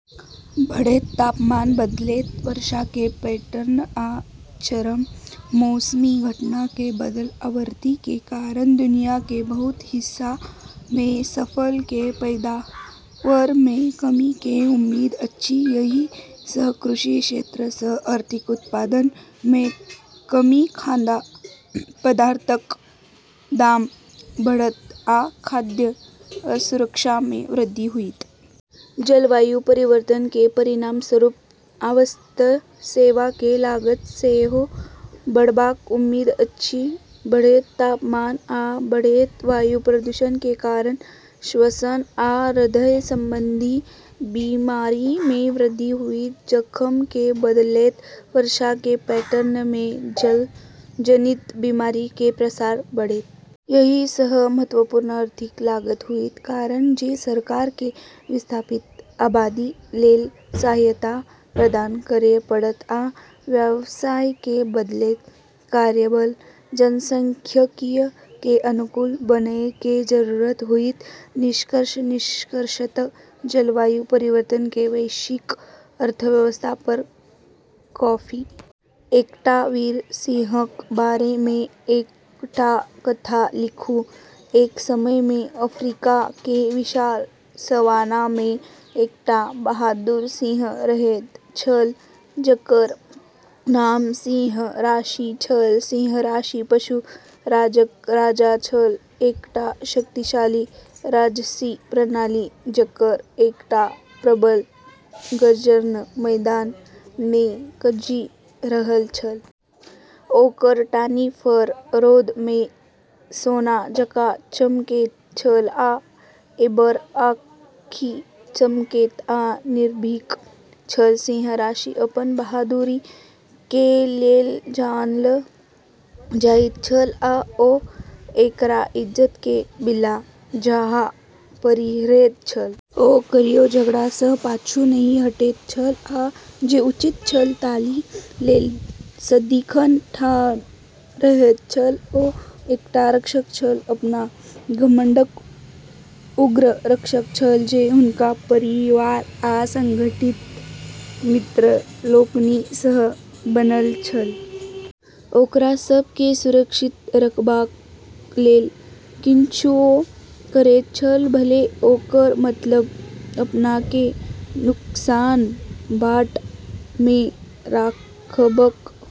बढ़ैत तापमान, बदलैत वर्षा के पैटर्न, आ चरम मौसमी घटना के बढ़ल आवृत्ति के कारण दुनिया के बहुत हिस्सा मे फसल के पैदावार मे कमी के उम्मीद अछि। एहि सँ कृषि क्षेत्र सँ आर्थिक उत्पादन मे कमी, खाद्य पदार्थक दाम बढ़ब, आ खाद्य असुरक्षा मे वृद्धि होइत। जलवायु परिवर्तन के परिणामस्वरूप स्वास्थ्य सेवा के लागत सेहो बढ़बाक उम्मीद अछि। बढ़ैत तापमान आ बढ़ैत वायु प्रदूषण के कारण श्वसन आ हृदय संबंधी बीमारी मे वृद्धि होइत, जखन कि बदलैत वर्षा के पैटर्न मे जलजनित बीमारी के प्रसार बढ़ैत। एहि सँ महत्वपूर्ण आर्थिक लागत होइत, कारण जे सरकार केँ विस्थापित आबादी लेल सहायता प्रदान करय पड़त, आ व्यवसाय केँ बदलैत कार्यबल जनसांख्यिकीय के अनुकूल बनय के जरूरत होइत। निष्कर्ष निष्कर्षतः जलवायु परिवर्तन के वैश्विक अर्थव्यवस्था पर काफी प्रभाव पड़बाक उम्मीद अछि। एकटा वीर सिंहक बारे मे एकटा कथा लिखू। एक समय मे अफ्रीका के विशाल सवाना मे एकटा बहादुर सिंह रहैत छल, जकर नाम सिंह राशि छल। सिंह राशि पशु राज्यक राजा छल, एकटा शक्तिशाली, राजसी प्राणी, जकर एकटा प्रबल गर्जन मैदान मे गूँजि रहल छल। ओकर टॉनी फर रौद मे सोना जकाँ चमकैत छल आ एम्बर आँखि चमकैत आ निर्भीक छल। सिंह राशि अपन बहादुरी के लेल जानल जाइत छल, आ ओ एकरा इज्जत के बिल्ला जकाँ पहिरैत छल। ओ कहियो झगड़ा सँ पाछू नहि हटैत छल, आ जे उचित छल ताहि लेल सदिखन ठाढ़ रहैत छल। ओ एकटा रक्षक छल, अपन घमंडक उग्र रक्षक छल, जे हुनकर परिवार आ घनिष्ठ मित्र लोकनि सँ बनल छल। ओकरा सभ केँ सुरक्षित रखबाक लेल किछुओ करैत छल, भले ओकर मतलब अपनाकेँ नुकसानक बाट मे राखब हो।